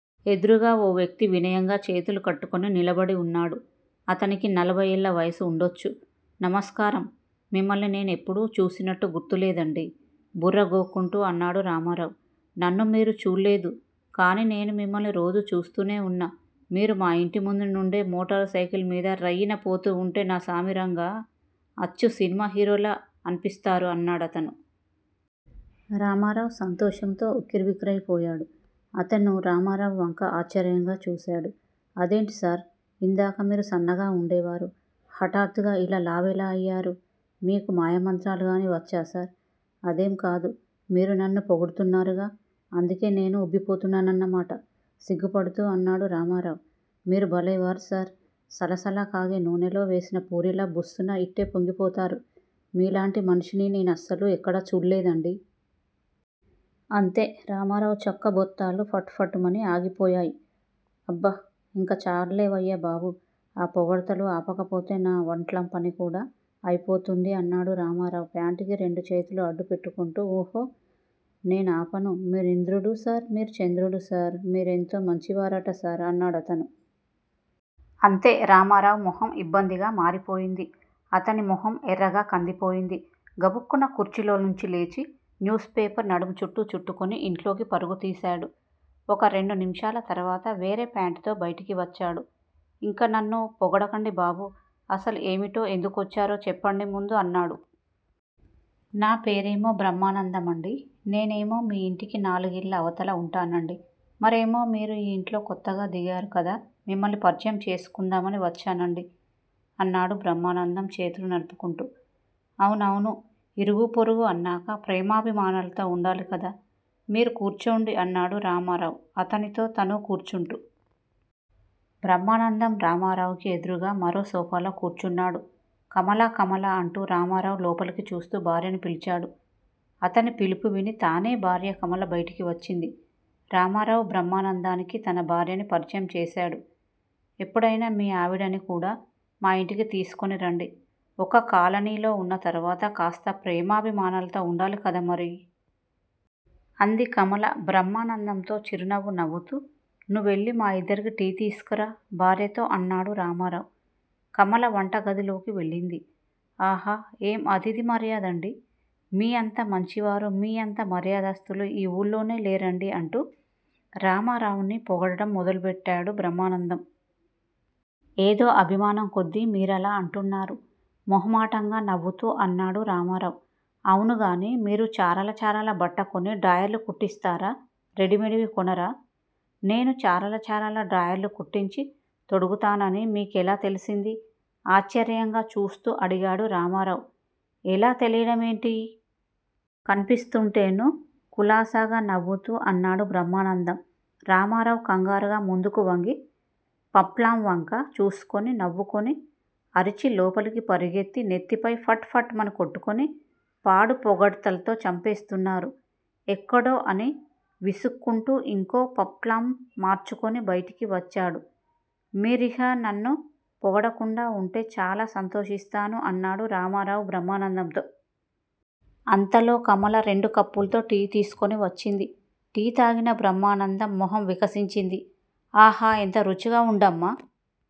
ఎదురుగా ఒక వ్యక్తి వినయంగా చేతులు కట్టుకుని నిలబడి ఉన్నాడు. అతనికి నలభై ఏళ్ల వయసు ఉండొచ్చు. నమస్కారం! మిమ్మల్ని నేను ఎప్పుడూ చూసినట్టు గుర్తులేదండీ బుర్ర గోక్కుంటూ అన్నాడు రామారావు. నన్ను మీరు చూళ్ళేదు కానీ నేను మిమ్మల్ని రోజూ చూస్తూనే ఉన్నా మీరు మాయింటి ముందునుండే మోటార్ సైకిల్ మీద రయ్యిన పోతూ ఉంటే నా సామిరంగా అచ్చు సినిమా హీరోలా అన్పిస్తారు అన్నాడతను. రామారావు సంతోషంతో ఉక్కిరిబిక్కిరి అయిపోయాడు. అతను రామారావు వంక ఆశ్చర్యంగా చూశాడు. అదేంటి సార్ ఇందాక మీరు సన్నగా ఉండేవారు హఠాత్తుగా ఇలా లావెలాఅయ్యారు? మీకు మాయమంత్రాలు గానీ వచ్చాసార్? అదేంకాదు మీరు నన్ను పొగుడ్తున్నరుగా అందుకే నేను ఉబ్బిపోతున్నానన్నమాట! సిగ్గుపద్తూ అన్నాడు రామారావు. మీరు భలేవారు సార్ సలసలా కాగే నూనెలో వేసిన పూరీలా బుస్సున ఇట్టే పొంగిపోతారు మీలాంటి మనిషిని నేనస్సలు ఎక్కడా చూళ్ళేదండీ. అంతే రామారావు చొక్కా బొత్తాలు ఫట్ ఫట్ మని తెగిపోయాయ్. అబ్బ ఇంక చాల్లేవయ్యా బాబూ ఆ పొగడ్తలు ఆపకపోతే నా వంట్లాంపని కూడా అయిపోతుంది అన్నాడు రామారావు ప్యాంటుకి రెండుచేతులూ అడ్డుపెట్టుకుంటూ. ఊహో నేనాపను మేరింద్రుడు సార్ మీరు చంద్రుడు సార్ మీరెంతో మంచివారట సార్ అన్నాడతను. అంతే రామారావు మొహం ఇబ్బందిగా మారిపోయింది. అతని మొహం ఎర్రగా కందిపోయింది. గబుక్కున కుర్చీలోంచి లేచి న్యూస్ పేపరు నడుంచుట్టు చుట్టుకుని ఇంట్లోకి పరుగు తీశాడు. ఒక రెండు నిముషాల తర్వాత వేరే ఫ్యాంటుతో బయటికి వచ్చాడు. ఇంక నన్ను పొగడకండి బాబూ అసలు ఏమిటో ఎందుకొచ్చారో చెప్పండి ముందు అన్నాడు. నా పేరేమో బ్రహ్మానందం అండీ నేనేమో మీ యింటికి నాలుగిళ్ళ అవతల ఉంటానండీ మరేమో మీరు ఈ యింట్లో కొత్తగా దిగారు కదా మిమ్మల్ని పరిచయం చేస్కుందామని వచ్చానండీ అన్నాడు బ్రహ్మానందం చేతులు నలుపుకుంటూ. అవునవును ఇరుగూ పొరుగూ అన్నాక ప్రేమాభిమానాల్తో ఉండాలి కదా! మీరు కూర్చోండి అన్నాడు రామారావు అతనితో తనూ కూర్చుంటూ. బ్రహ్మానందం రామారావుకి ఎదురుగా మరో సోఫాలో కూర్చున్నాడు. కమలా కమలా అంటూ రామారావు లోపలికి చూస్తూ భార్యని పిలిచాడు. అతని పిలుపు విని తాని భార్య కమల బయటికి వచ్చింది. రామారావు బ్రహ్మానందానికి తన భార్యని పరిచయం చేశాడు. ఎప్పుడైనా మీ ఆవిడని కూడా మాయింటికి తీస్కుని రండి ఒక కాలనీలో ఉన్నతర్వత కాస్త ప్రేమాభిమానాల్తో ఉండాలి కదా మరి? అంది కమల బ్రహ్మానందంతో చిరునవ్వు నవ్వుతూ. నువ్వెళ్లి మా యిద్దరికీ టీ తీస్కురా భార్యతో అన్నాడు రామారావు. కమల వంటగదిలోకి వెళ్లిపోయింది. ఆహా ఏం అతిధి మర్యాదండీ మీ అంత మంచివారూ మీ అంత మర్యాదస్తులూ ఈ ఊళ్లోనే లేరండీ అంటూ రామారావుని పొగడడం మొదలుబెట్టాడు బ్రహ్మానందం. ఏదో అభిమానంకొద్దీ మీరలా అంటున్నారు మొహమాటంగా నవ్వుతూ అన్నాడు రామారావు. అవును గానీ మీరు చారల చారల బట్ట కొని డ్రాయర్లు కుట్టిస్తారా? రెడీమేడ్ వి కొనరా? ' నేను చారలచారల డ్రాయర్లు కుట్టించి తొడుగుతానని మీకెలా తెల్సింది? ఆశ్చర్యంగా చూస్తూ అడిగాడు రామారావు. ఎలా తెలియడం ఏంటి? కనిపిస్తుంటేనూ? కులాసాగా నవ్వుతూ అన్నాడు బ్రహ్మానందం. రామారావు కంగారుగా ముందుకు వంగి పంట్లాంవంక చూస్కుని కెవ్వుమని అరిచి లోపలికి పరిగెత్తి నెత్తిపై ఫట్ ఫట్ మని కొట్టుకుని పాడు పొగడ్తలతో చంపేస్తున్నాడు ఎక్కడో అని విసుక్కుంటూ ఇంకో పంట్లాం మార్చుకుని బయటికి వచ్చాడు. మీరిహ నన్ను పొగడకుండా ఉంటే చాలా సంతోషిస్తాను అన్నాడు రామారావు బ్రహ్మానందంతో. అంతలో కమల రెండు కప్పుల్తో టీ తీస్కుని వచ్చింది. టీ తాగిన బ్రహ్మానందం మొహం వికసించింది. ఆహా ఎంత రుచిగా ఉండమ్మా